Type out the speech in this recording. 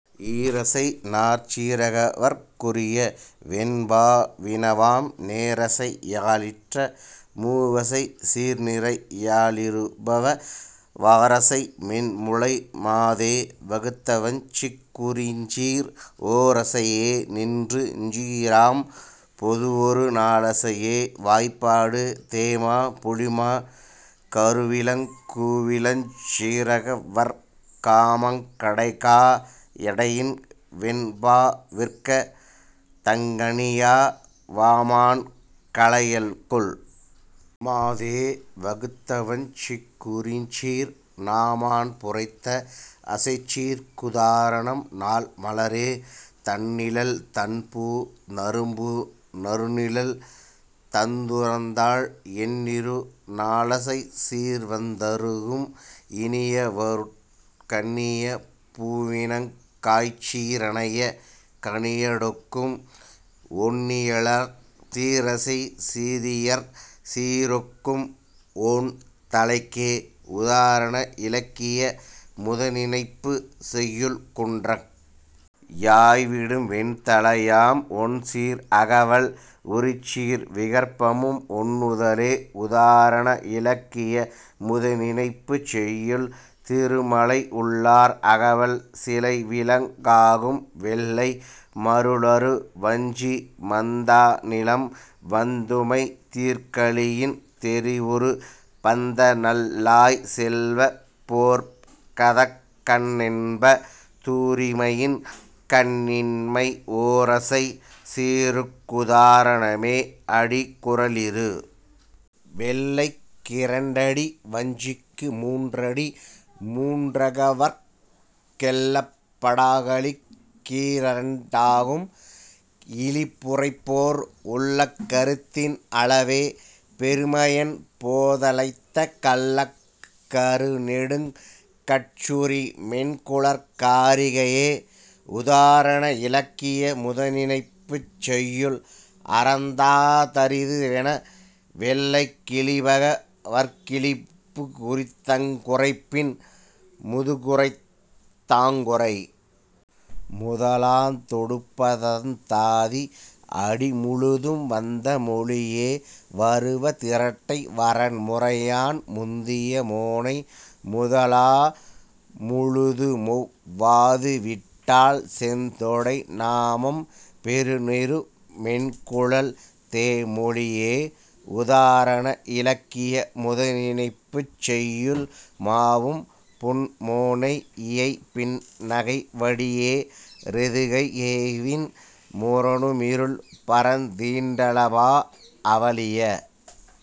ஈரசை நாற்சீ ரகவற் குரியவெண் பாவினவாம் நேரசை யாலிற்ற மூவசைச் சீர்நிரை யாலிறுப வாரசை மென்முலை மாதே வகுத்தவஞ் சிக்குரிச்சீர் ஓரசை யேநின்றுஞ் சீராம் பொதுவொரு நாலசையே வாய்பாடு தேமா புளிமா கருவிளங் கூவிளஞ் சீரகவற் காமாங் கடைகா யடையின்வெண் பாவிற்கந் தங்கனியா வாமாண் கலையல்குல் மாதே வகுத்தவஞ் சிக்குரிச்சீர் நாமாண் புரைத்த அசைச்சீர்க் குதாரணம் நாள்மலரே தண்ணிழல் தண்பூ நறும்பூ நறுநிழல் தந்துறழ்ந்தால் எண்ணிரு நாலசைச் சீர்வந் தருகும் இனியவற்று கண்ணிய பூவினங் காய்ச்சீ ரனைய கனியடொக்கும் ஒண்ணிழற் சீரசைச் சீரியற் சீரொக்கும் ஒண்தளைக்கே உதாரண இலக்கிய முதனினைப்புச் செய்யுள் குன்றன் யாய்விடும் வெண்தளையாம் ஒண்சீர் அகவல் உரிச்சீர் விகற்பமும் ஒண்ணுதலே உதாரண இலக்கிய முதனினைப்புச் செய்யுள் திருமழை உள்ளார் அகவல் சிலைவிலங் காகும்வெள்ளை மருளறு வஞ்சிமந் தாநிலம் வந்துமை தீர்கலியின் தெரிவுறு பந்தநல் லாய்செல்வப் போர்க்கதக் கண்ணனென்ப தூரிமையின் கண்ணின்மை ஓரசைச் சீருக் குதாரணமே அடி குறளிரு வெள்ளைக் கிரண்டடி வஞ்சிக்கு மூன்றடி மூன்றகவற் கெள்ளப் படாகலிக் கீரிரண் டாகும் இழிபுரைப்போர் உள்ளக் கருத்தின் அளவே பெருமையண் போதலைத்த கள்ளக் கருநெடுங் கட்சுரி மென்குழற் காரிகையே உதாரண இலக்கிய முதனினைப்புச் செய்யுள் அறத்தா றிதுவென வெள்ளைக் கிழிபக வற்கிழிபு குறித்தங் குரைப்பின் முதுகுறைந் தாங்குறை முதலாத் தொடுப்பதந் தாதி அடிமுழுதும் வந்த மொழியே வருவ திரட்டை வரன்முறையான் முந்திய மோனை முதலா முழுதுமொவ் வாதுவிட்டால் செந்தொடை நாமம் பெறுநறு மென்குழல் தேமொழியே உதாரண இலக்கிய முதனினைப்புச் செய்யுள் மாவும்புண் மோனை யியைபின் னகைவடி யேரெதுகைக் கேவின் முரணு மிருள்பரந் தீண்டள பாஅவளிய